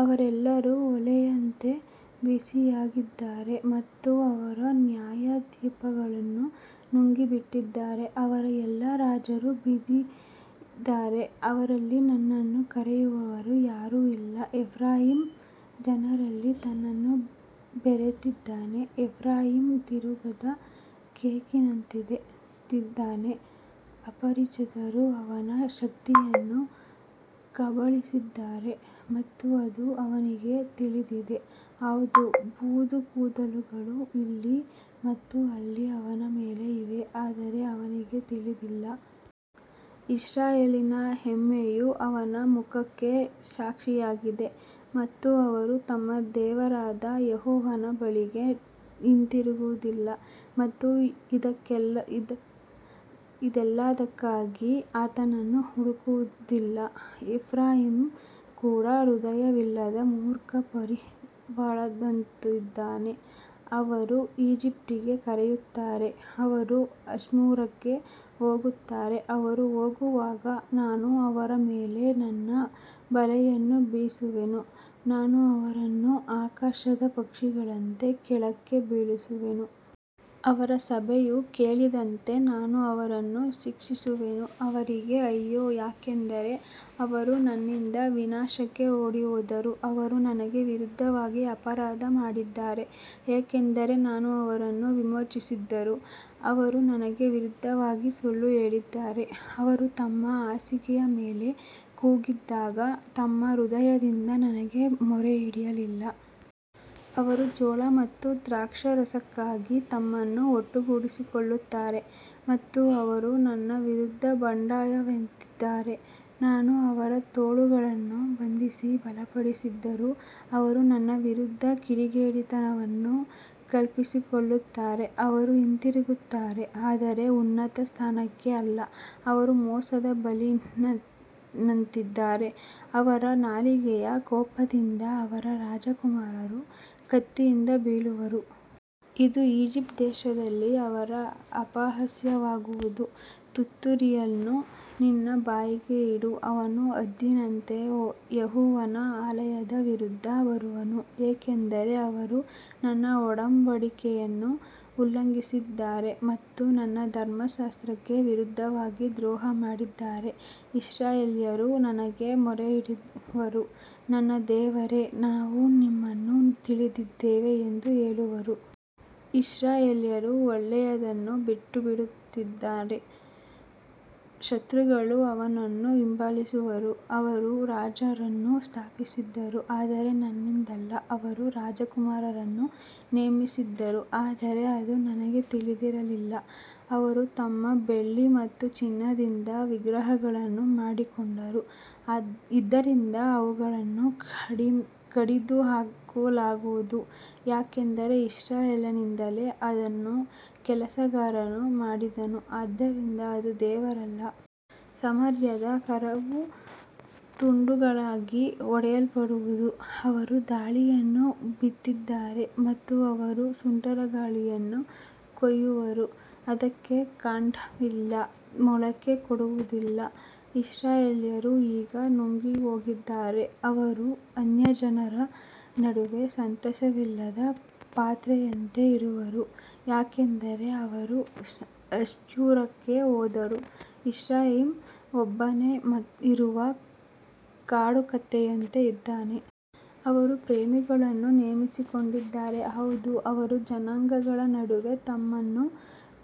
ಅವರೆಲ್ಲರೂ ಒಲೆಯಂತೆ ಬಿಸಿಯಾಗಿದ್ದಾರೆ ಮತ್ತು ಅವರ ನ್ಯಾಯಾಧಿಪತಿಗಳನ್ನು ನುಂಗಿಬಿಟ್ಟಿದ್ದಾರೆ. ಅವರ ಎಲ್ಲಾ ರಾಜರು ಬಿದ್ದಿದ್ದಾರೆ, ಅವರಲ್ಲಿ ನನ್ನನ್ನು ಕರೆಯುವವರು ಯಾರೂ ಇಲ್ಲ. ಎಫ್ರಾಯೀಮ್ ಜನರಲ್ಲಿ ತನ್ನನ್ನು ಬೆರೆತಿದ್ದಾನೆ. ಎಫ್ರಾಯೀಮ್ ತಿರುಗದ ಕೇಕಿನಂತಿದ್ದಾನೆ. ಅಪರಿಚಿತರು ಅವನ ಶಕ್ತಿಯನ್ನು ಕಬಳಿಸಿದ್ದಾರೆ ಮತ್ತು ಅದು ಅವನಿಗೆ ತಿಳಿದಿದೆ. ಹೌದು, ಬೂದು ಕೂದಲುಗಳು ಇಲ್ಲಿ ಮತ್ತು ಅಲ್ಲಿ ಅವನ ಮೇಲೆ ಇವೆ, ಆದರೆ ಅವನಿಗೆ ತಿಳಿದಿಲ್ಲ. ಇಸ್ರಾಯೇಲಿನ ಹೆಮ್ಮೆಯು ಅವನ ಮುಖಕ್ಕೆ ಸಾಕ್ಷಿಯಾಗಿದೆ ಮತ್ತು ಅವರು ತಮ್ಮ ದೇವರಾದ ಯೆಹೋವನ ಬಳಿಗೆ ಹಿಂತಿರುಗುವುದಿಲ್ಲ ಮತ್ತು ಇದೆಲ್ಲದಕ್ಕಾಗಿ ಆತನನ್ನು ಹುಡುಕುವುದಿಲ್ಲ. ಎಫ್ರಾಯೀಮ್ ಕೂಡ ಹೃದಯವಿಲ್ಲದ ಮೂರ್ಖ ಪಾರಿವಾಳದಂತಿದ್ದಾನೆ. ಅವರು ಈಜಿಪ್ಟಿಗೆ ಕರೆಯುತ್ತಾರೆ, ಅವರು ಅಶ್ಶೂರಕ್ಕೆ ಹೋಗುತ್ತಾರೆ. ಅವರು ಹೋಗುವಾಗ ನಾನು ಅವರ ಮೇಲೆ ನನ್ನ ಬಲೆಯನ್ನು ಬೀಸುವೆನು, ನಾನು ಅವರನ್ನು ಆಕಾಶದ ಪಕ್ಷಿಗಳಂತೆ ಕೆಳಕ್ಕೆ ಬೀಳಿಸುವೆನು. ಅವರ ಸಭೆಯು ಕೇಳಿದಂತೆ ನಾನು ಅವರನ್ನು ಶಿಕ್ಷಿಸುವೆನು. ಅವರಿಗೆ ಅಯ್ಯೋ, ಯಾಕಂದರೆ ಅವರು ನನ್ನಿಂದ ವಿನಾಶಕ್ಕೆ ಓಡಿಹೋದರು. ಅವರು ನನಗೆ ವಿರುದ್ಧವಾಗಿ ಅಪರಾಧ ಮಾಡಿದ್ದಾರೆ, ಏಕೆಂದರೆ ನಾನು ಅವರನ್ನು ವಿಮೋಚಿಸಿದರೂ ಅವರು ನನಗೆ ವಿರುದ್ಧವಾಗಿ ಸುಳ್ಳು ಹೇಳಿದ್ದಾರೆ. ಅವರು ತಮ್ಮ ಹಾಸಿಗೆಯ ಮೇಲೆ ಕೂಗಿದಾಗ ತಮ್ಮ ಹೃದಯದಿಂದ ನನಗೆ ಮೊರೆಯಿಡಲಿಲ್ಲ. ಅವರು ಜೋಳ ಮತ್ತು ದ್ರಾಕ್ಷಾರಸಕ್ಕಾಗಿ ತಮ್ಮನ್ನು ಒಟ್ಟುಗೂಡಿಸಿಕೊಳ್ಳುತ್ತಾರೆ ಮತ್ತು ಅವರು ನನ್ನ ವಿರುದ್ಧ ಬಂಡಾಯವೆದ್ದಿದ್ದಾರೆ. ನಾನು ಅವರ ತೋಳುಗಳನ್ನು ಬಂಧಿಸಿ ಬಲಪಡಿಸಿದರೂ ಅವರು ನನ್ನ ವಿರುದ್ಧ ಕಿಡಿಗೇಡಿತನವನ್ನು ಕಲ್ಪಿಸಿಕೊಳ್ಳುತ್ತಾರೆ. ಅವರು ಹಿಂತಿರುಗುತ್ತಾರೆ, ಆದರೆ ಉನ್ನತ ಸ್ಥಾನಕ್ಕೆ ಅಲ್ಲ. ಅವರು ಮೋಸದ ಬಿಲ್ಲಿನಂತಿದ್ದಾರೆ. ಅವರ ನಾಲಿಗೆಯ ಕೋಪದಿಂದ ಅವರ ರಾಜಕುಮಾರರು ಕತ್ತಿಯಿಂದ ಬೀಳುವರು. ಇದು ಈಜಿಪ್ಟ್ ದೇಶದಲ್ಲಿ ಅವರ ಅಪಹಾಸ್ಯವಾಗುವುದು. ತುತ್ತೂರಿಯನ್ನು ನಿನ್ನ ಬಾಯಿಗೆ ಇಡು. ಅವನು ಹದ್ದಿನಂತೆ ಯೆಹೋವನ ಆಲಯದ ವಿರುದ್ಧ ಬರುವನು, ಏಕೆಂದರೆ ಅವರು ನನ್ನ ಒಡಂಬಡಿಕೆಯನ್ನು ಉಲ್ಲಂಘಿಸಿದ್ದಾರೆ ಮತ್ತು ನನ್ನ ಧರ್ಮಶಾಸ್ತ್ರಕ್ಕೆ ವಿರುದ್ಧವಾಗಿ ದ್ರೋಹ ಮಾಡಿದ್ದಾರೆ. ಇಸ್ರಾಯೇಲ್ಯರು ನನಗೆ ಮೊರೆಯಿಡುವರು, ನನ್ನ ದೇವರೇ, ನಾವು ನಿನ್ನನ್ನು ತಿಳಿದಿದ್ದೇವೆ ಎಂದು ಹೇಳುವರು. ಇಸ್ರಾಯೇಲ್ಯರು ಒಳ್ಳೆಯದನ್ನು ಬಿಟ್ಟುಬಿಟ್ಟಿದ್ದಾರೆ, ಶತ್ರುಗಳು ಅವನನ್ನು ಹಿಂಬಾಲಿಸುವರು. ಅವರು ರಾಜರನ್ನು ಸ್ಥಾಪಿಸಿದರು, ಆದರೆ ನನ್ನಿಂದಲ್ಲ. ಅವರು ರಾಜಕುಮಾರರನ್ನು ನೇಮಿಸಿದರು, ಆದರೆ ಅದು ನನಗೆ ತಿಳಿದಿರಲಿಲ್ಲ. ಅವರು ತಮ್ಮ ಬೆಳ್ಳಿ ಮತ್ತು ಚಿನ್ನದಿಂದ ವಿಗ್ರಹಗಳನ್ನು ಮಾಡಿಕೊಂಡರು, ಇದರಿಂದ ಅವುಗಳನ್ನು ಕಡಿದುಹಾಕಲಾಗುವುದು. ಯಾಕಂದರೆ ಇಸ್ರಾಯೇಲಿನಿಂದಲೇ ಅದನ್ನು ಕೆಲಸಗಾರನು ಮಾಡಿದನು, ಆದ್ದರಿಂದ ಅದು ದೇವರಲ್ಲ. ಸಮಾರ್ಯದ ಕರುವು ತುಂಡುಗಳಾಗಿ ಒಡೆಯಲ್ಪಡುವುದು. ಅವರು ಗಾಳಿಯನ್ನು ಬಿತ್ತಿದ್ದಾರೆ ಮತ್ತು ಅವರು ಸುಂಟರಗಾಳಿಯನ್ನು ಕೊಯ್ಯುವರು. ಅದಕ್ಕೆ ಕಾಂಡವಿಲ್ಲ, ಮೊಳಕೆ ಕೊಡುವುದಿಲ್ಲ. ಇಸ್ರಾಯೇಲ್ಯರು ಈಗ ನುಂಗಿಹೋಗಿದ್ದಾರೆ. ಅವರು ಅನ್ಯಜನರ ನಡುವೆ ಸಂತೋಷವಿಲ್ಲದ ಪಾತ್ರೆಯಂತೆ ಇರುವರು, ಯಾಕಂದರೆ ಅವರು ಅಶ್ಶೂರಕ್ಕೆ ಹೋದರು. ಎಫ್ರಾಯೀಮ್ ಒಬ್ಬನೇ ಇರುವ ಕಾಡುಕತ್ತೆಯಂತೆ ಇದ್ದಾನೆ. ಅವರು ಪ್ರೇಮಿಗಳನ್ನು ನೇಮಿಸಿಕೊಂಡಿದ್ದಾರೆ. ಹೌದು, ಅವರು ಜನಾಂಗಗಳ ನಡುವೆ ತಮ್ಮನ್ನು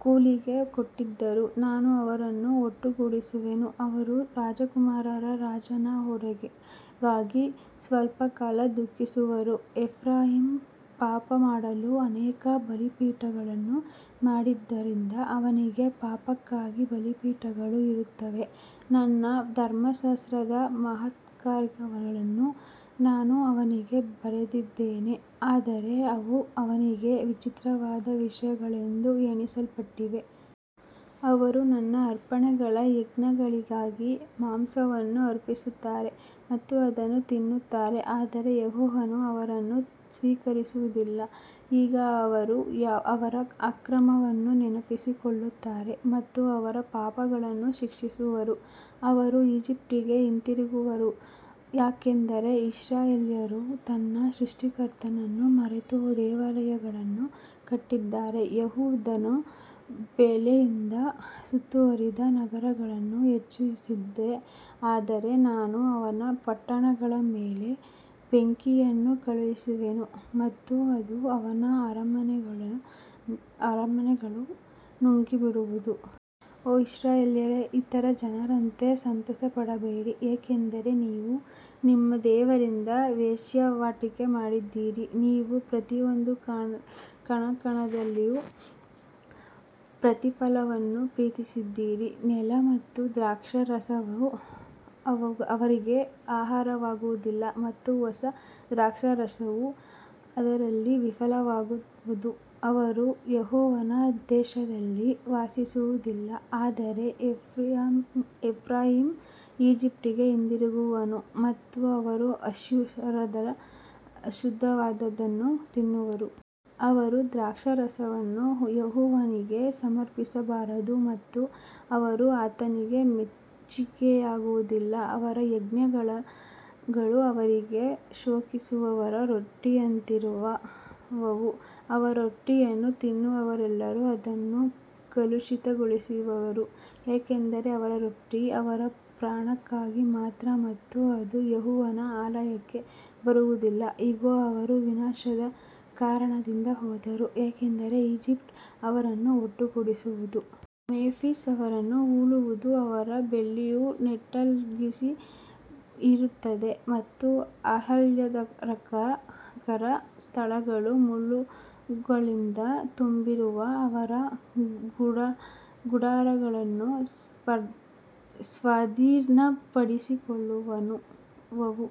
ಕೂಲಿಗೆ ಕೊಟ್ಟಿದ್ದರೂ ನಾನು ಅವರನ್ನು ಒಟ್ಟುಗೂಡಿಸುವೆನು. ಅವರು ರಾಜಕುಮಾರರ ರಾಜನ ಹೊರೆಗಾಗಿ ಸ್ವಲ್ಪಕಾಲ ದುಃಖಿಸುವರು. ಎಫ್ರಾಯೀಮ್ ಪಾಪಮಾಡಲು ಅನೇಕ ಬಲಿಪೀಠಗಳನ್ನು ಮಾಡಿದ್ದರಿಂದ ಅವನಿಗೆ ಪಾಪಕ್ಕಾಗಿ ಬಲಿಪೀಠಗಳು ಇರುತ್ತವೆ. ನನ್ನ ಧರ್ಮಶಾಸ್ತ್ರದ ಮಹತ್ಕಾರ್ಯಗಳನ್ನು ನಾನು ಅವನಿಗೆ ಬರೆದಿದ್ದೇನೆ, ಆದರೆ ಅವು ಅವನಿಗೆ ವಿಚಿತ್ರವಾದ ವಿಷಯಗಳೆಂದು ಎಣಿಸಲ್ಪಟ್ಟಿವೆ. ಅವರು ನನ್ನ ಅರ್ಪಣೆಗಳ ಯಜ್ಞಗಳಿಗಾಗಿ ಮಾಂಸವನ್ನು ಅರ್ಪಿಸುತ್ತಾರೆ ಮತ್ತು ಅದನ್ನು ತಿನ್ನುತ್ತಾರೆ, ಆದರೆ ಯೆಹೋವನು ಅವರನ್ನು ಸ್ವೀಕರಿಸುವುದಿಲ್ಲ. ಈಗ ಅವರು ಅವರ ಅಕ್ರಮವನ್ನು ನೆನಪಿಸಿಕೊಳ್ಳುತ್ತಾರೆ ಮತ್ತು ಅವರ ಪಾಪಗಳನ್ನು ಶಿಕ್ಷಿಸುವರು. ಅವರು ಈಜಿಪ್ಟಿಗೆ ಹಿಂತಿರುಗುವರು, ಯಾಕಂದರೆ ಇಸ್ರಾಯೇಲ್ಯರು ತನ್ನ ಸೃಷ್ಟಿಕರ್ತನನ್ನು ಮರೆತು ದೇವಾಲಯಗಳನ್ನು ಕಟ್ಟಿದ್ದಾರೆ. ಯೆಹೂದವು ಬೇಲಿಯಿಂದ ಸುತ್ತುವರಿದ ನಗರಗಳನ್ನು ಹೆಚ್ಚಿಸಿದೆ, ಆದರೆ ನಾನು ಅವನ ಪಟ್ಟಣಗಳ ಮೇಲೆ ಬೆಂಕಿಯನ್ನು ಕಳುಹಿಸುವೆನು ಮತ್ತು ಅದು ಅವನ ಅರಮನೆಗಳನ್ನು ನುಂಗಿಬಿಡುವುದು. ಓ ಇಸ್ರಾಯೇಲ್ಯರೇ, ಇತರ ಜನರಂತೆ ಸಂತೋಷಪಡಬೇಡಿ, ಏಕೆಂದರೆ ನೀವು ನಿಮ್ಮ ದೇವರಿಂದ ವೇಶ್ಯಾವಾಟಿಕೆ ಮಾಡಿದ್ದೀರಿ. ನೀವು ಪ್ರತಿಯೊಂದು ಕಣದ ಕಣದಲ್ಲಿಯೂ ಪ್ರತಿಫಲವನ್ನು ಪ್ರೀತಿಸಿದ್ದೀರಿ. ನೆಲ ಮತ್ತು ದ್ರಾಕ್ಷಾರಸವು ಅವರಿಗೆ ಆಹಾರವಾಗುವುದಿಲ್ಲ ಮತ್ತು ಹೊಸ ದ್ರಾಕ್ಷಾರಸವು ಅದರಲ್ಲಿ ವಿಫಲವಾಗುವುದು. ಅವರು ಯೆಹೋವನ ದೇಶದಲ್ಲಿ ವಾಸಿಸುವುದಿಲ್ಲ, ಆದರೆ ಎಫ್ರಾಯೀಮ್ ಈಜಿಪ್ಟಿಗೆ ಹಿಂದಿರುಗುವನು ಮತ್ತು ಅವರು ಅಶ್ಶೂರದಲ್ಲಿ ಅಶುದ್ಧವಾದದ್ದನ್ನು ತಿನ್ನುವರು. ಅವರು ದ್ರಾಕ್ಷಾರಸವನ್ನು ಯೆಹೋವನಿಗೆ ಸಮರ್ಪಿಸಬಾರದು ಮತ್ತು ಅವರು ಆತನಿಗೆ ಮೆಚ್ಚಿಕೆಯಾಗುವುದಿಲ್ಲ. ಅವರ ಯಜ್ಞಗಳು ಅವರಿಗೆ ಶೋಕಿಸುವವರ ರೊಟ್ಟಿಯಂತಿರುವವು. ಅವರ ರೊಟ್ಟಿಯನ್ನು ತಿನ್ನುವವರೆಲ್ಲರೂ ಅದನ್ನು ಕಲುಷಿತಗೊಳಿಸುವರು, ಏಕೆಂದರೆ ಅವರ ರೊಟ್ಟಿ ಅವರ ಪ್ರಾಣಕ್ಕಾಗಿ ಮಾತ್ರ ಮತ್ತು ಅದು ಯೆಹೋವನ ಆಲಯಕ್ಕೆ ಬರುವುದಿಲ್ಲ. ಇಗೋ, ಅವರು ವಿನಾಶದ ಕಾರಣದಿಂದ ಹೋದರು, ಏಕೆಂದರೆ ಈಜಿಪ್ಟ್ ಅವರನ್ನು ಒಟ್ಟುಗೂಡಿಸುವುದು. ಮೆಂಫಿಸ್ ಅವರನ್ನು ಹೂಳುವುದು. ಅವರ ಬೆಳ್ಳಿಯು ನೆಟಲ್ಸ್ಗಾಗಿ ಇರುತ್ತದೆ ಮತ್ತು ಆಹ್ಲಾದಕರ ಸ್ಥಳಗಳು ಮುಳ್ಳುಗಳಿಂದ ತುಂಬಿರುವ ಅವರ ಗುಡಾರಗಳನ್ನು ಸ್ವಾಧೀನಪಡಿಸಿಕೊಳ್ಳುವವು.